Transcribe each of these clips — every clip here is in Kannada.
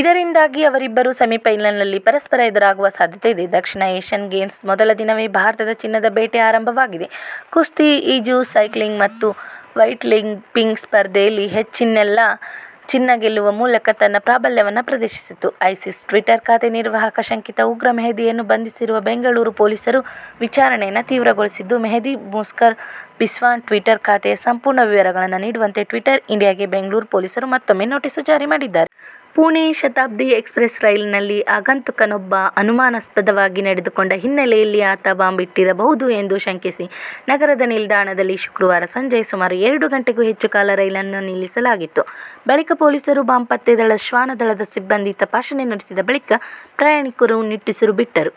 ಇದರಿಂದಾಗಿ ಅವರಿಬ್ಬರು ಸೆಮಿಫೈನಲ್ನಲ್ಲಿ ಪರಸ್ಪರ ಎದುರಾಗುವ ಸಾಧ್ಯತೆಯಿದೆ. ದಕ್ಷಿಣ ಏಶ್ಯನ್ ಗೇಮ್ಸ್ನ ಮೊದಲ ದಿನವೇ ಭಾರತದ ಚಿನ್ನದ ಬೇಟೆ ಆರಂಭವಾಗಿದೆ. ಕುಸ್ತಿ, ಈಜು, ಸೈಕ್ಲಿಂಗ್ ಮತ್ತು ವೇಟ್ಲಿಫ್ಟಿಂಗ್ ಸ್ಪರ್ಧೆಯಲ್ಲಿ ಹೆಚ್ಚಿನೆಲ್ಲ ಚಿನ್ನ ಗೆಲ್ಲುವ ಮೂಲಕ ತನ್ನ ಪ್ರಾಬಲ್ಯವನ್ನು ಪ್ರದರ್ಶಿಸಿತು. ಐಸಿಸ್ ಟ್ವೀಟರ್ ಖಾತೆ ನಿರ್ವಾಹಕ ಶಂಕಿತ ಉಗ್ರ ಮೆಹದಿಯನ್ನು ಬಂಧಿಸಿರುವ ಬೆಂಗಳೂರು ಪೊಲೀಸರು ವಿಚಾರಣೆಯನ್ನು ತೀವ್ರಗೊಳಿಸಿದ್ದು, ಮೆಹದಿ ಮಸ್ರೂರ್ ಬಿಸ್ವಾಸ್ ಟ್ವೀಟರ್ ಖಾತೆಯ ಸಂಪೂರ್ಣ ವಿವರಗಳನ್ನು ನೀಡುವಂತೆ ಟ್ವೀಟರ್ ಇಂಡಿಯಾಗೆ ಬೆಂಗಳೂರು ಪೊಲೀಸರು ಮತ್ತೊಮ್ಮೆ ನೋಟಿಸ್ ಜಾರಿ ಮಾಡಿದ್ದಾರೆ. ಪುಣೆ ಶತಾಬ್ದಿ ಎಕ್ಸಪ್ರಸ್ ರೈಲಿನಲ್ಲಿ ಆಗಂತುಕನೊಬ್ಬ ಅನುಮಾನಾಸ್ಪದವಾಗಿ ನಡೆದುಕೊಂಡ ಹಿನ್ನೆಲೆಯಲ್ಲಿ ಆತ ಬಾಂಬ್ ಇಟ್ಟಿರಬಹುದು ಎಂದು ಶಂಕಿಸಿ ನಗರದ ನಿಲ್ದಾಣದಲ್ಲಿ ಶುಕ್ರವಾರ ಸಂಜೆ ಸುಮಾರು ಎರಡು ಗಂಟೆಗೂ ಹೆಚ್ಚು ಕಾಲ ರೈಲನ್ನು ನಿಲ್ಲಿಸಲಾಗಿತ್ತು. ಬಳಿಕ, ಪೊಲೀಸರು, ಬಾಂಬ್ ಪತ್ತೆ ದಳ, ಶ್ವಾನ ದಳದ ಸಿಬ್ಬಂದಿ ತಪಾಸಣೆ ನಡೆಸಿದ ಬಳಿಕ ಪ್ರಯಾಣಿಕರು ನಿಟ್ಟುಸಿರು ಬಿಟ್ಟರು.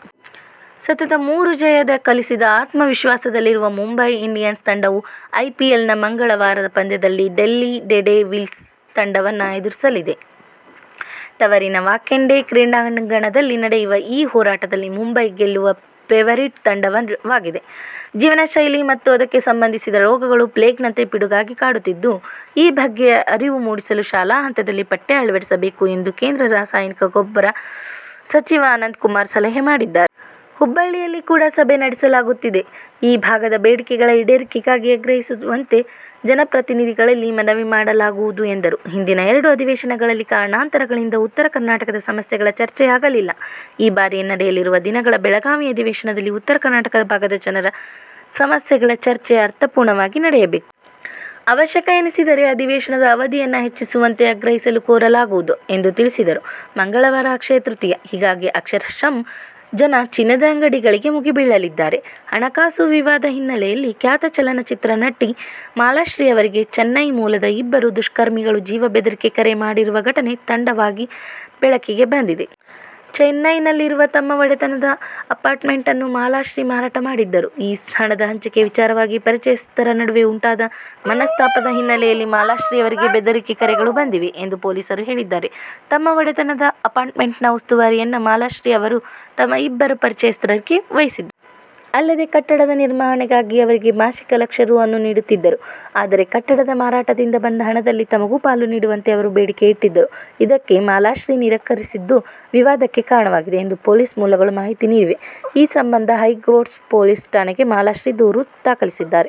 ಸತತ ಮೂರು ಜಯ ದಾಖಲಿಸಿ ಆತ್ಮವಿಶ್ವಾಸದಲ್ಲಿರುವ ಮುಂಬೈ ಇಂಡಿಯನ್ಸ್ ತಂಡವು ಐಪಿಎಲ್ನ ಮಂಗಳವಾರದ ಪಂದ್ಯದಲ್ಲಿ ಡೆಲ್ಲಿ ಡೇರ್ಡೆವಿಲ್ಸ್ ತಂಡವನ್ನು ಎದುರಿಸಲಿದೆ. ತವರಿನ ವಾಂಖೇಡೆ ಕ್ರೀಡಾಂಗಣದಲ್ಲಿ ನಡೆಯುವ ಈ ಹೋರಾಟದಲ್ಲಿ ಮುಂಬೈ ಗೆಲ್ಲುವ ಫೇವರಿಟ್ ತಂಡವಾಗಿದೆ. ಜೀವನಶೈಲಿ ಮತ್ತು ಅದಕ್ಕೆ ಸಂಬಂಧಿಸಿದ ರೋಗಗಳು ಪ್ಲೇಗ್ನಂತೆ ಪಿಡುಗಾಗಿ ಕಾಡುತ್ತಿದ್ದು, ಈ ಬಗ್ಗೆ ಅರಿವು ಮೂಡಿಸಲು ಶಾಲಾ ಹಂತದಲ್ಲಿ ಪಠ್ಯ ಅಳವಡಿಸಬೇಕು ಎಂದು ಕೇಂದ್ರ ರಾಸಾಯನಿಕ ಮತ್ತು ರಸಗೊಬ್ಬರ ಸಚಿವ ಅನಂತಕುಮಾರ್ ಸಲಹೆ ಮಾಡಿದ್ದಾರೆ. ಹುಬ್ಬಳ್ಳಿಯಲ್ಲಿ ಕೂಡ ಸಭೆ ನಡೆಸಲಾಗುತ್ತಿದೆ. ಈ ಭಾಗದ ಬೇಡಿಕೆಗಳ ಈಡೇರಿಕೆಗಾಗಿ ಆಗ್ರಹಿಸುವಂತೆ ಜನಪ್ರತಿನಿಧಿಗಳಲ್ಲಿ ಮನವಿ ಮಾಡಲಾಗುವುದು ಎಂದರು. ಹಿಂದಿನ ಎರಡು ಅಧಿವೇಶನಗಳಲ್ಲಿ ಕಾರಣಾಂತರಗಳಿಂದ ಉತ್ತರ ಕರ್ನಾಟಕದ ಸಮಸ್ಯೆಗಳ ಚರ್ಚೆಯಾಗಲಿಲ್ಲ. ಈ ಬಾರಿ ನಡೆಯಲಿರುವ ದಿನಗಳ ಬೆಳಗಾವಿ ಅಧಿವೇಶನದಲ್ಲಿ ಉತ್ತರ ಕರ್ನಾಟಕ ಭಾಗದ ಜನರ ಸಮಸ್ಯೆಗಳ ಚರ್ಚೆ ಅರ್ಥಪೂರ್ಣವಾಗಿ ನಡೆಯಬೇಕು. ಅವಶ್ಯಕ ಎನಿಸಿದರೆ ಅಧಿವೇಶನದ ಅವಧಿಯನ್ನು ಹೆಚ್ಚಿಸುವಂತೆ ಆಗ್ರಹಿಸಲು ಕೋರಲಾಗುವುದು ಎಂದು ತಿಳಿಸಿದರು. ಮಂಗಳವಾರ ಅಕ್ಷಯ ತೃತೀಯ. ಹೀಗಾಗಿ ಅಕ್ಷರಶಃ ಜನ ಚಿನ್ನದ ಅಂಗಡಿಗಳಿಗೆ ಮುಗಿಬೀಳಲಿದ್ದಾರೆ. ಹಣಕಾಸು ವಿವಾದ ಹಿನ್ನೆಲೆಯಲ್ಲಿ ಖ್ಯಾತ ಚಲನಚಿತ್ರ ನಟಿ ಮಾಲಾಶ್ರೀ ಅವರಿಗೆ ಚೆನ್ನೈ ಮೂಲದ ಇಬ್ಬರು ದುಷ್ಕರ್ಮಿಗಳು ಜೀವ ಬೆದರಿಕೆ ಕರೆ ಮಾಡಿರುವ ಘಟನೆ ತಡವಾಗಿ ಬೆಳಕಿಗೆ ಬಂದಿದೆ. ಚೆನ್ನೈನಲ್ಲಿರುವ ತಮ್ಮ ಒಡೆತನದ ಅಪಾರ್ಟ್ಮೆಂಟ್ ಅನ್ನು ಮಾಲಾಶ್ರೀ ಮಾರಾಟ ಮಾಡಿದ್ದರು. ಈ ಹಣದ ಹಂಚಿಕೆ ವಿಚಾರವಾಗಿ ಪರಿಚಯಸ್ಥರ ನಡುವೆ ಉಂಟಾದ ಮನಸ್ತಾಪದ ಹಿನ್ನೆಲೆಯಲ್ಲಿ ಮಾಲಾಶ್ರೀ ಅವರಿಗೆ ಬೆದರಿಕೆ ಕರೆಗಳು ಬಂದಿವೆ ಎಂದು ಪೊಲೀಸರು ಹೇಳಿದ್ದಾರೆ. ತಮ್ಮ ಒಡೆತನದ ಅಪಾರ್ಟ್ಮೆಂಟ್ನ ಉಸ್ತುವಾರಿಯನ್ನು ಮಾಲಾಶ್ರೀ ಅವರು ತಮ್ಮ ಇಬ್ಬರು ಪರಿಚಯಸ್ಥರಿಗೆ ವಹಿಸಿದ್ದರು. ಅಲ್ಲದೆ, ಕಟ್ಟಡದ ನಿರ್ವಹಣೆಗೆ ಅವರಿಗೆ ಮಾಸಿಕ ಲಕ್ಷ ರೂ. ಅನ್ನು ನೀಡುತ್ತಿದ್ದರು. ಆದರೆ ಕಟ್ಟಡದ ಮಾರಾಟದಿಂದ ಬಂದ ಹಣದಲ್ಲಿ ತಮಗೂ ಪಾಲು ನೀಡುವಂತೆ ಅವರು ಬೇಡಿಕೆ ಇಟ್ಟಿದ್ದರು. ಇದಕ್ಕೆ ಮಾಲಾಶ್ರೀ ನಿರಾಕರಿಸಿದ್ದು ವಿವಾದಕ್ಕೆ ಕಾರಣವಾಗಿದೆ ಎಂದು ಪೊಲೀಸ್ ಮೂಲಗಳು ಮಾಹಿತಿ ನೀಡಿವೆ. ಈ ಸಂಬಂಧ ಹೈಗ್ರೌಂಡ್ಸ್ ಪೊಲೀಸ್ ಠಾಣೆಗೆ ಮಾಲಾಶ್ರೀ ದೂರು ದಾಖಲಿಸಿದ್ದಾರೆ.